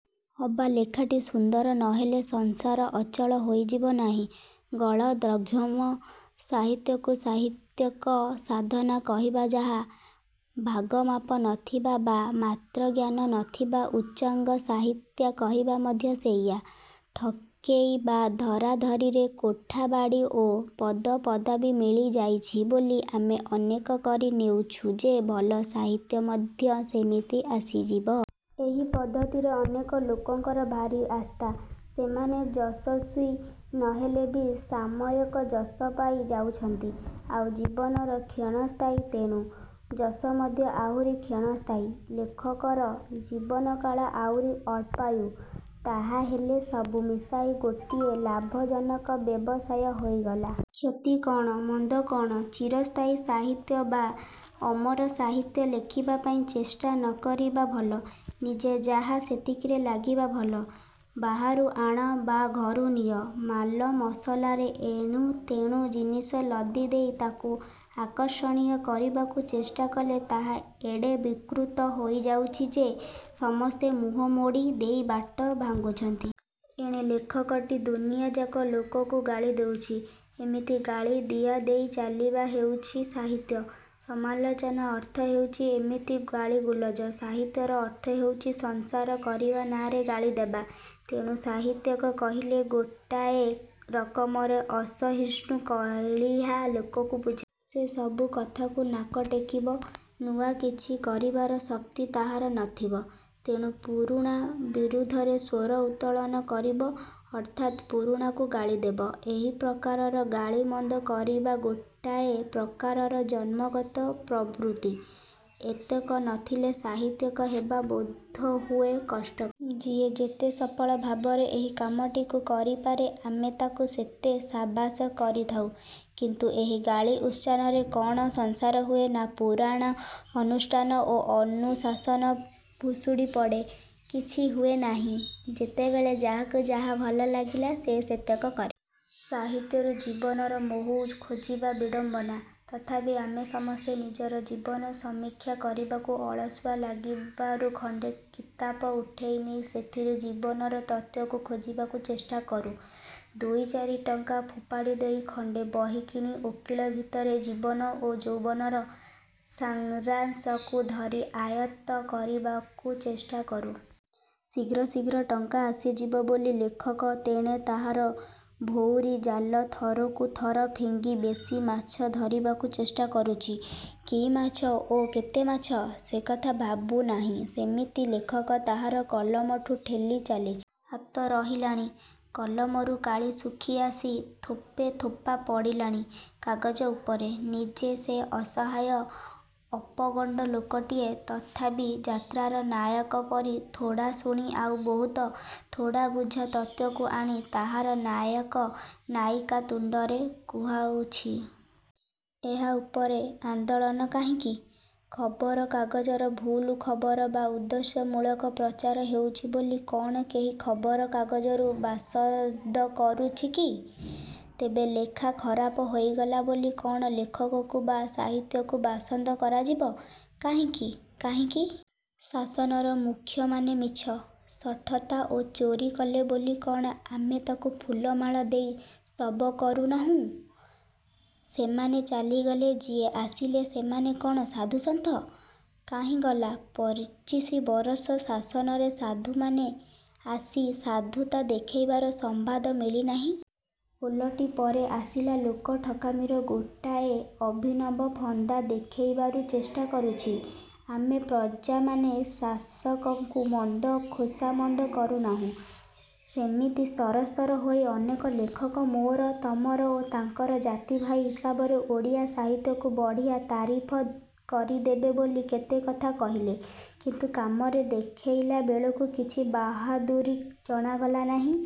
ଅବା ଲେଖାଟି ସୁନ୍ଦର ନ ହେଲେ ସଂସାର ଅଚଳ ହୋଇଯିବ ନାହିଁ। ଗଳଦ୍ଘର୍ମ ସାହିତ୍ୟକୁ ସାହିତ୍ୟିକ ସାଧନା କହିବା ଯାହା, ଭାଗମାପ ନ ଥିବା ବା ମାତ୍ରାଜ୍ଞାନ ନ ଥିବା ଉଚ୍ଚାଙ୍ଗ ସାହିତ୍ୟ କହିବା ମଧ୍ୟ ସେଇଆ। ଠକେଇ ବା ଧରାଧରିରେ କୋଠାବାଡ଼ି ଓ ପଦପଦବୀ ମିଳି ଯାଉଛି ବୋଲି ଆମେ ମନେ କରି ନେଉଛୁ ଯେ ଭଲ ସାହିତ୍ୟ ମଧ୍ୟ ସେମିତି ଆସିଯିବ। ଏହି ପଦ୍ଧତିରେ ଅନେକ ଲୋକଙ୍କର ଭାରି ଆସ୍ଥା। ସେମାନେ ଯଶସ୍ୱୀ ନ ହେଲେ ବି ସାମୟିକ ଯଶ ପାଇ ଯାଉଛନ୍ତି। ଆଉ ଜୀବନ କ୍ଷଣସ୍ଥାୟୀ। ତେଣୁ ଯଶ ମଧ୍ୟ ଆହୁରି କ୍ଷଣସ୍ଥାୟୀ। ଲେଖକର ଜୀବନକାଳ ଆଉରି ଅଳ୍ପାୟୁ। ତାହାହେଲେ ସବୁ ମିଶାଇ ଗୋଟାଏ ଲାଭଜନକ ବ୍ୟବସାୟ ହୋଇଗଲା। କ୍ଷତି କଣ, ମନ୍ଦ କଣ ଚିରସ୍ଥାୟୀ ସାହିତ୍ୟ ବା ଅମର ସାହିତ୍ୟ ଲେଖିବା ପାଇଁ ଚେଷ୍ଟା ନ କରିବା ଭଲ। ନିଜେ ଯାହା ସେତିକିରେ ଲାଗିବା ଭଲ। ବାହାରୁ ଆଣ ବା ଘରୁ ନିଅ, ମାଲମସଲାରେ ଏଣୁତେଣୁ ଜିନିସ ଲଦି ଦେଇ ତାକୁ ଆକର୍ଷଣୀୟ କରିବାକୁ ଚେଷ୍ଟା କଲେ ତାହା ଏଡ଼େ ବିକୃତ ହେଇଯାଉଛି ଯେ ସମସ୍ତେ ମୁହଁମୋଡ଼ି ଦେଇ ବାଟ ଭାଙ୍ଗୁଛନ୍ତି। ଏଣେ ଲେଖକଟି ଦୁନିଆଯାକ ଲୋକଙ୍କୁ ଗାଳି ଦଉଛି। ଏମିତି ଗାଳି ଦିଆଦିଇ ଚାଲିବା ହେଉଛି ସାହିତ୍ୟ। ସମାଲୋଚନାର ଅର୍ଥ ହେଉଛି ଏମିତି ଗାଳିଗୁଲଜ। ସାହିତ୍ୟର ଅର୍ଥ ହେଉଛି ସଂସ୍କାର କରିବା ନାଁରେ ଗାଳିଦେବା। ତେଣୁ ସାହିତ୍ୟିକ କହିଲେ ଗୋଟାଏ ରକମର ଅସହିଷ୍ଣୁ କଳିହା ଲୋକକୁ ବୁଝି ସେ ସବୁ କଥାକୁ ନାକ ଟେକିବ। ନୂଆ କିଛି କରିବାର ଶକ୍ତି ତାହାର ନ ଥିବ। ତେଣୁ ପୁରୁଣା ବିରୁଦ୍ଧରେ ସ୍ୱର ଉତ୍ତୋଳନ କରିବ, ଅର୍ଥାତ୍ ପୁରୁଣାକୁ ଗାଳିଦେବ। ଏହି ପ୍ରକାରର ଗାଳିମନ୍ଦ କରିବା ଗୋଟାଏ ପ୍ରକାରର ଜନ୍ମଗତ ପ୍ରବୃତ୍ତି। ଏତକ ନ ଥିଲେ ସାହିତ୍ୟିକ ହେବା ବୋଧହୁଏ କଷ୍ଟକର। ଯିଏ ଯେତେ ସଫଳ ଭାବରେ ଏହି କାମଟିକୁ କରିପାରେ ଆମେ ତାକୁ ସେତେ ସାବାସ କରିଥାଉ। କିନ୍ତୁ ଏହି ଗାଳି ଭର୍ତ୍ସନାରେ କଣ ସଂସ୍କାର ହୁଏ ନା ପୁରୁଣା ଅନୁଷ୍ଠାନ ଓ ଅନୁଶାସନ ଭୁଷୁଡ଼ି ପଡ଼େ? କିଛି ହୁଏ ନାହିଁ। ଯେତେବେଳେ ଯାହାକୁ ଯାହା ଭଲ ଲାଗିଲା ସେ ସେତକ କରେ। ସାହିତ୍ୟରୁ ଜୀବନର ମହୁ ଖୋଜିବା ବିଡ଼ମ୍ବନା। ତଥାପି ଆମେ ସମସ୍ତେ ନିଜର ଜୀବନର ସମୀକ୍ଷା କରିବାକୁ ଅଳସୁଆ ଲାଗିବାରୁ ଖଣ୍ଡେ କିତାପ ଉଠାଇ ନେଇ ସେଥିରୁ ଜୀବନର ତତ୍ତ୍ୱକୁ ଖୋଜିବାକୁ ଚେଷ୍ଟା କରୁ। ଦୁଇ ଚାରି ଟଙ୍କା ଫୋପାଡ଼ି ଦେଇ ଖଣ୍ଡେ ବହି କିଣି ଓଳିକ ଭିତରେ ଜୀବନ ଓ ଯୌବନର ସାରାଂଶକୁ ଧରି ଆୟତ୍ତ କରିବାକୁ ଚେଷ୍ଟା କରୁ। ଶୀଘ୍ର ଶୀଘ୍ର ଟଙ୍କା ଆସିଯିବ ବୋଲି ଲେଖକ ତେଣେ ତାହାର ଭଉଁରୀ ଜାଲ ଥରକୁ ଥର ଫିଙ୍ଗି ବେଶି ମାଛ ଧରିବାକୁ ଚେଷ୍ଟା କରୁଛି। କି ମାଛ ଓ କେତେ ମାଛ? ସେ କଥା ଭାବୁ ନାହିଁ। ସେମିତି ଲେଖକ ତାହାର କଲମକୁ ଠେଲି ଚାଲିଛି। ହାତ ରହିଲାଣି। କଲମରୁ କାଳି ଶୁଖି ଆସି ଥୋପେ ଥୋପା ପଡ଼ିଲାଣି କାଗଜ ଉପରେ। ନିଜେ ସେ ଅସହାୟ ଅପୋଗଣ୍ଡ ଲୋକଟିଏ। ତଥାପି ଯାତ୍ରାର ନାୟକ ପରି ଥୋଡ଼ା ଶୁଣି ଆଉ ବହୁତ୍ ଥୋଡ଼ା ବୁଝା ତତ୍ତ୍ୱକୁ ଆଣି ତାହାର ନାୟକ ନାୟିକା ତୁଣ୍ଡରେ କୁହାଉଛି। ଏହା ଉପରେ ଆନ୍ଦୋଳନ କାହିଁକି ଖବର କାଗଜର ଭୁଲ ଖବର ବା ଉଦ୍ଦେଶ୍ୟମୂଳକ ପ୍ରଚାର ହେଉଛି ବୋଲି କଣ କେହି ଖବର କାଗଜକୁ ବାସନ୍ଦ କରୁଛି କି ତେବେ ଲେଖା ଖରାପ ହୋଇଗଲା ବୋଲି କଣ ଲେଖକକୁ ବା ସାହିତ୍ୟିକକୁ ବାସନ୍ଦ କରାଯିବ, କାହିଁକି, କାହିଁକି? ଶାସନର ମୁଖ୍ୟମାନେ ମିଛ, ଶଠତା ଓ ଚୋରି କଲେ ବୋଲି କଣ ଆମେ ତାଙ୍କୁ ଫୁଲମାଳ ଦେଇ ସ୍ତବ କରୁ ନାହୁଁ? ସେମାନେ ଚାଲିଗଲେ, ଯିଏ ଆସିଲେ ସେମାନେ କଣ ସାଧୁ ସନ୍ଥ କାହିଁ ଗଲା ପଚିଶି ବର୍ଷର ଶାସନରେ ସାଧୁମାନେ ଆସି ସାଧୁତା ଦେଖାଇବାର ସମ୍ବାଦ ମିଳି ନାହିଁ। ଓଲଟି ପରେ ଆସିବା ଲୋକ ଠକାମିର ଗୋଟାଏ ଅଭିନବ ଫନ୍ଦା ଦେଖାଇବାରୁ ଚେଷ୍ଟା କରିଛି। ଆମେ ପ୍ରଜାମାନେ ଶାସକଙ୍କୁ ମନ୍ଦ ଖୋସାମଦ କରି ନାହୁଁ। ସେମିତି ସ୍ତରସ୍ତର ହୋଇ ଅନେକ ଲେଖକ ମୋର, ତମର ଓ ତାଙ୍କର ଜାତିଭାଇ ହିସାବରେ ଓଡ଼ିଆ ସାହିତ୍ୟକୁ ବଢ଼ିଆ ତାରିଫ କରିଦେବେ ବୋଲି କେତେ କଥା କହିଲେ। କିନ୍ତୁ କାମରେ ଦେଖାଇଲାବେଳକୁ କିଛି ବାହାଦୁରୀ ଜଣାଗଲା ନାହିଁ।